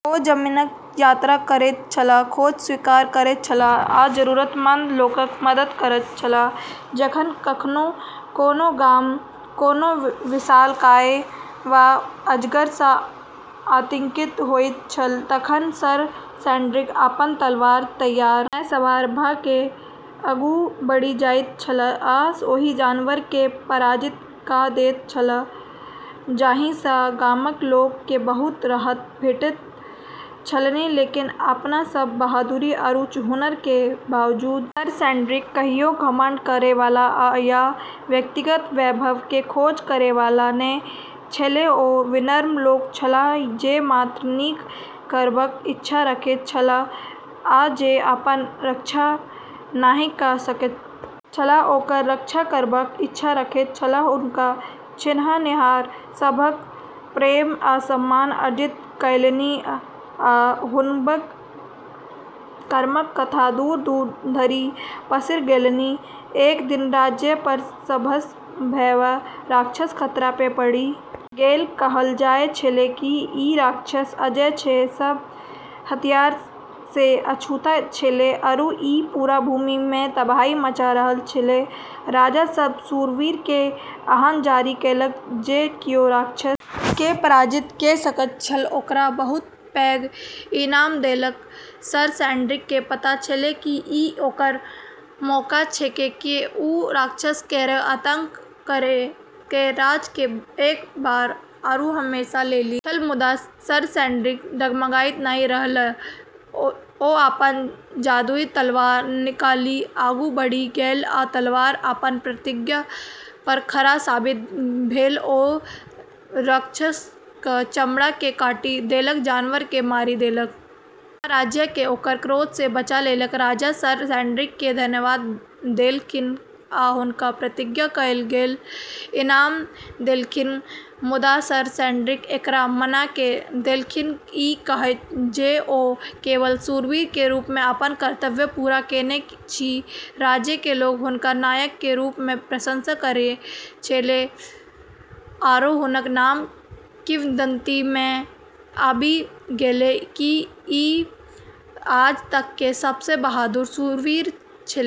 ओ जमीनक यात्रा करैत छलाह, खोज स्वीकार करैत छलाह आ जरूरतमंद लोकक मदद करैत छलाह जखन कखनो कोनो गाम कोनो विशालकाय वा अजगर सँ आतंकित होइत छल तखन सर सेड्रिक अपन तलवार तैयार मे सवार भ क आगू बढ़ि जाइत छलाह आ ओहि जानवर केँ पराजित क दैत छलाह, जाहि सँ गामक लोक केँ बहुत राहत भेटैत छलनि, लेकिन अपनऽ सब बहादुरी आरू हुनर के बावजूद सर सेड्रिक कहियो घमंड करै वाला या व्यक्तिगत वैभव के खोज करै वाला नै छेलै ओ विनम्र लोक छलाह जे मात्र नीक करबाक इच्छा रखैत छलाह आ जे अपन रक्षा नहि क सकैत छलाह ओकर रक्षा करबाक इच्छा रखैत छलाह, हुनका चिन्हनिहार सभक प्रेम आ सम्मान अर्जित कयलनि आ हुनकर कर्मक कथा दूर-दूर धरि पसरि गेलनि, एक दिन राज्य पर सबसँ भयावह राक्षस खतरा मे पड़ि गेल, कहलऽ जाय छेलै कि ई राक्षस अजेय छै, सब हथियार से अछूता छेलै आरू ई पूरा भूमि मे तबाही मचा रहलऽ छेलै, राजा सब शूरवीर के आह्वान जारी केलक जे कियो राक्षस के पराजित क सकैत छल ओकरा बहुत पैघ इनाम देलक, सर सेड्रिक के पता छेलै कि ई ओकरऽ मौका छेकै कि उ राक्षस केरऽ आतंक केरऽ राज के एक बार आरू हमेशा लेली छल मुदा सर सेड्रिक डगमगाइत नहि रहलाह ओ अपन जादुई तलवार निकालि आगू बढ़ि गेल आ तलवार अपन प्रतिज्ञा पर खरा साबित भेल ओ राक्षसक चमड़ा केँ काटि देलक, जानवर केँ मारि देलक आ राज्य केँ ओकर क्रोध सँ बचा लेलक, राजा सर सेड्रिक के धन्यवाद देलखिन आ हुनका प्रतिज्ञा कयल गेल इनाम देलखिन मुदा सर सेड्रिक एकरा मना क देलखिन, ई कहैत जे ओ केवल शूरवीर के रूप में अपन कर्तव्य पूरा केने छी राज्य के लोग हुनका नायक के रूप में प्रशंसा करै छेलै आरो हुनकऽ नाम किंवदंती में आबी गेलै कि ई आज तक के सबसें बहादुर शूरवीर छेलै।